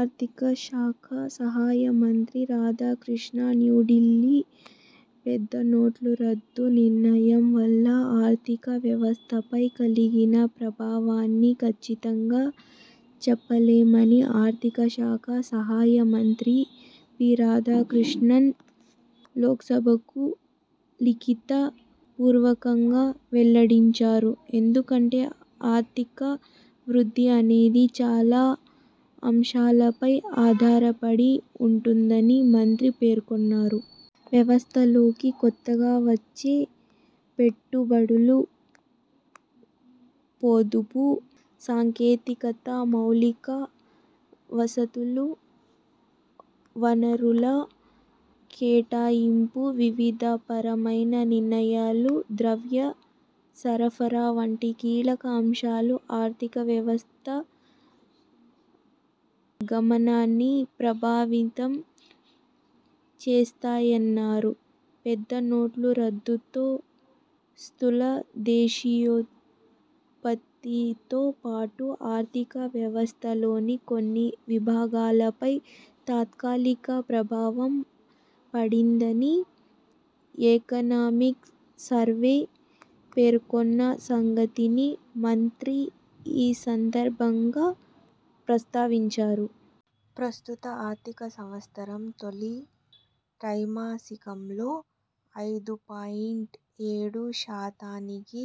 ఆర్థిక శాఖ సహాయ మంత్రి రాధాకృష్ణ న్న్యూ ఢిల్లీ పెద్ద నోట్ల రద్దు నిర్ణయం వల్ల ఆర్థిక వ్యవస్థ పై కలిగిన ప్రభావాన్ని ఖచ్చితంగా చెప్పలేమని ఆర్థిక శాఖ సహాయ మంత్రి పి రాధాకృష్ణన్ లోక్సభకు లిఖిత పూర్వకంగా వెల్లడించారు. ఎందుకంటే ఆర్థిక వృద్ధి అనేది చాలా అంశాలపై ఆధారపడి ఉంటుందని మంత్రి పేర్కొన్నారు. వ్యవస్థలోకి కొత్తగా వచ్చే పెట్టు బడులు, పొదుపు, సాంకేతికత, మౌలిక వసతులు, వనరుల కేటాయింపు, విధాన పరమైన నిర్ణయాలు, ద్రవ్య సరఫరా వంటి కీలక అంశాలు ఆర్థిక వ్యవస్థ గమనాన్ని ప్రభావితం చేస్తాయన్నారు. పెద్ద నోట్ల రద్దుతో స్థూల దేశీయోత్పత్తి తో పాటు ఆర్థిక వ్యవస్థ లోని కొన్ని విభాగాలపై తాత్కాలిక ప్రభావం పడింద ని 'ఎకనామిక్ సర్వే' పేర్కొన్న సంగతిని మంత్రి ఈ సందర్భంగా ప్రస్తావించారు. ప్రస్తుత ఆర్థిక సంవత్సరం తొలి త్రైమాసికంలో ఐదు పాయింట్ ఏడు శాతానికి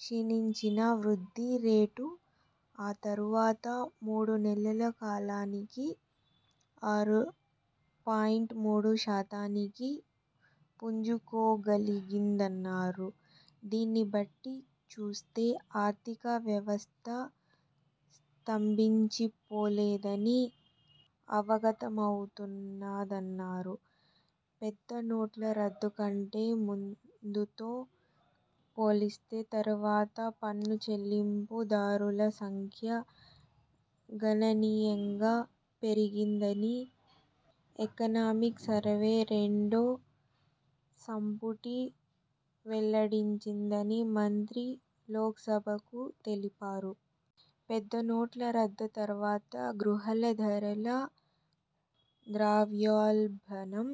క్షీణించిన వృద్ధి రేటు ఆ తర్వాత మూడు నెలల కాలానికి ఆరు పాయింట్ మూడు శాతానికి పుంజుకోగలిగిందన్నారు. దీన్నిబట్టి చూస్తే, ఆర్థిక వ్యవస్థ స్తంభించి పోలేదని అవగతమవుతున్నదన్నారు. పెద్ద నోట్ల రద్దు కంటే ముందుతో పోలిస్తే తర్వాత పన్ను చెల్లింపు దారుల సంఖ్య గణనీయంగా పెరిగిందని ఎకనామిక్ సర్వే రెండో సంపుటి వెల్లడించిందని మంత్రి లోక్సభకు తెలిపారు. పెద్ద నోట్ల రద్దు తర్వాత గృహాల ధరల ద్రవ్యోల్బణం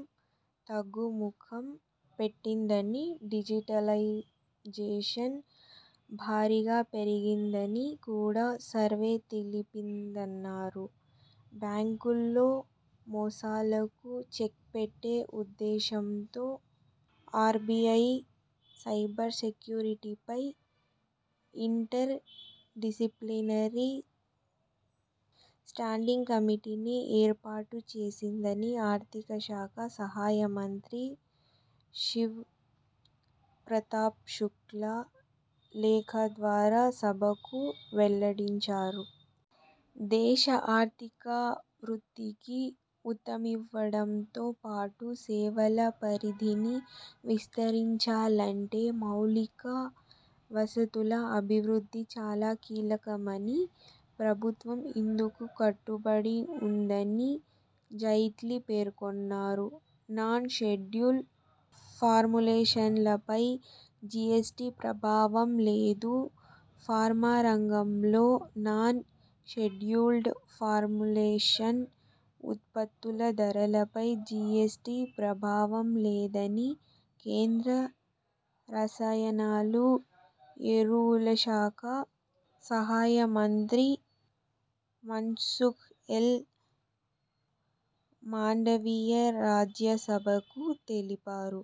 తగ్గు ముఖం పట్టిందని, డిజిటైజేషన్ భారీగా పెరిగిందని కూడా సర్వే తెలిపిందన్నారు. బ్యాంకుల్లో మోసాలకు చెక్ పెట్టే ఉద్దేశంతో ఆర్బిఐ, సైబర్ సెక్యూరిటీ పై ఇంటర్ డిసిప్లినరీ స్టాండింగ్ కమిటీని ఏర్పాటు చేసిందని ఆర్థిక శాఖ సహాయ మంత్రి శివ్ ప్రతాప్ శుక్లా లేఖ ద్వారా సభకు వెల్లడించారు. దేశ ఆర్థిక వృద్ధికి ఊతమివ్వడంతో పాటు సేవల పరిధిని విస్తరించాలంటే మౌలిక వసతుల అభివృద్ధి చాలా కీలకమని, ప్రభుత్వం ఇందుకు కట్టుబడి ఉందని జైట్లీ పేర్కొన్నారు. నాన్ షెడ్యూల్డ్ ఫార్ములేషన్ల పై జిఎ్సటి ప్రభావం లేదు ఫార్మా రంగంలో నాన్ షెడ్యూల్డ్ ఫార్ములేషన్ ఉత్పత్తుల ధరలపై జిఎ్సటి ప్రభావం లేదని కేంద్ర రసాయనాలు, ఎరువుల శాఖ సహాయ మంత్రి మన్సుఖ్ ఎల్ మాండవీయ రాజ్యసభకు తెలిపారు.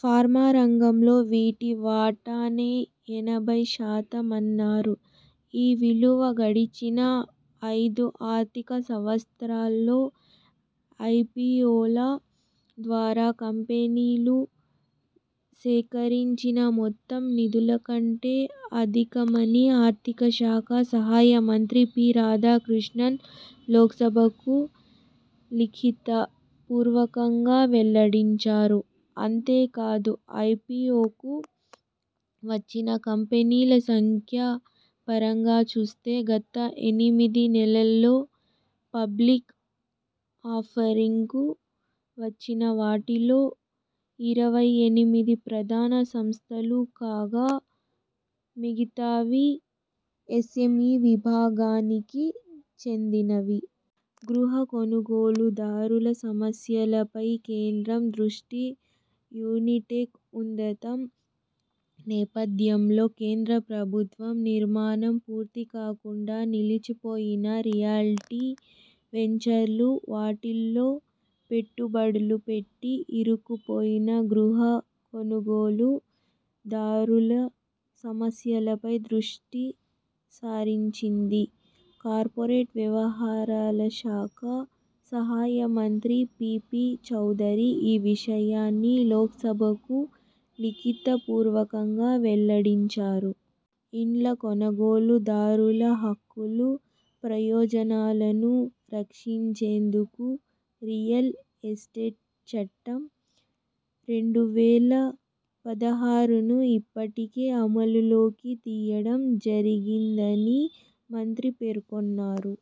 ఫార్మా రంగంలో వీటి వాటానే ఎనభై శాతమన్నారు. ఈ విలువ గడిచిన ఐదు ఆర్థిక సంవత్సరాల్లో ఐపిఒల ద్వారా కంపెనీలు సేకరించిన మొత్తం నిధుల కంటే అధికమని ఆర్థిక శాఖ సహాయ మంత్రి పి రాధాకృష్ణన్ లోక్సభకు లిఖిత పూర్వకంగా వెల్లడించారు. అంతేకాదు, ఐపిఒకు వచ్చిన కంపెనీల సంఖ్య పరంగా చూస్తే, గత ఎనిమిది నెలల్లో పబ్లిక్ ఆఫరింగ్కు వచ్చిన వాటిలో ఇరవై ఎనిమిది ప్రధాన సంస్థలు కాగా, మిగతావి ఎస్ఎంఇ విభాగానికి చెందినవి. గృహ కొనుగోలు దారుల సమస్యలపై కేంద్రం దృష్టి యునిటెక్ ఉదంతం నేపథ్యంలో కేంద్ర ప్రభుత్వం, నిర్మాణం పూర్తి కాకుండా నిలిచి పోయిన రియల్టీ వెంచర్లు, వాటిల్లో పెట్టు బడులు పెట్టి ఇరుక్కు పోయిన గృహ కొనుగోలు దారుల సమస్యలపై దృష్టి సారించింది. కార్పొరేట్ వ్యవహారాల శాఖ సహాయ మంత్రి పిపి చౌదరీ ఈ విషయాన్ని లోక్సభకు లిఖిత పూర్వకంగా వెల్లడించారు. ఇండ్ల కొనుగోలు దారుల హక్కులు, ప్రయోజనాలను రక్షించేందుకు రియల్ ఎస్టేట్ చట్టం, రెండు వేల పదహారును ఇప్పటికే అమలు లోకి తేవడం జరిగిందని మంత్రి పేర్కొన్నారు.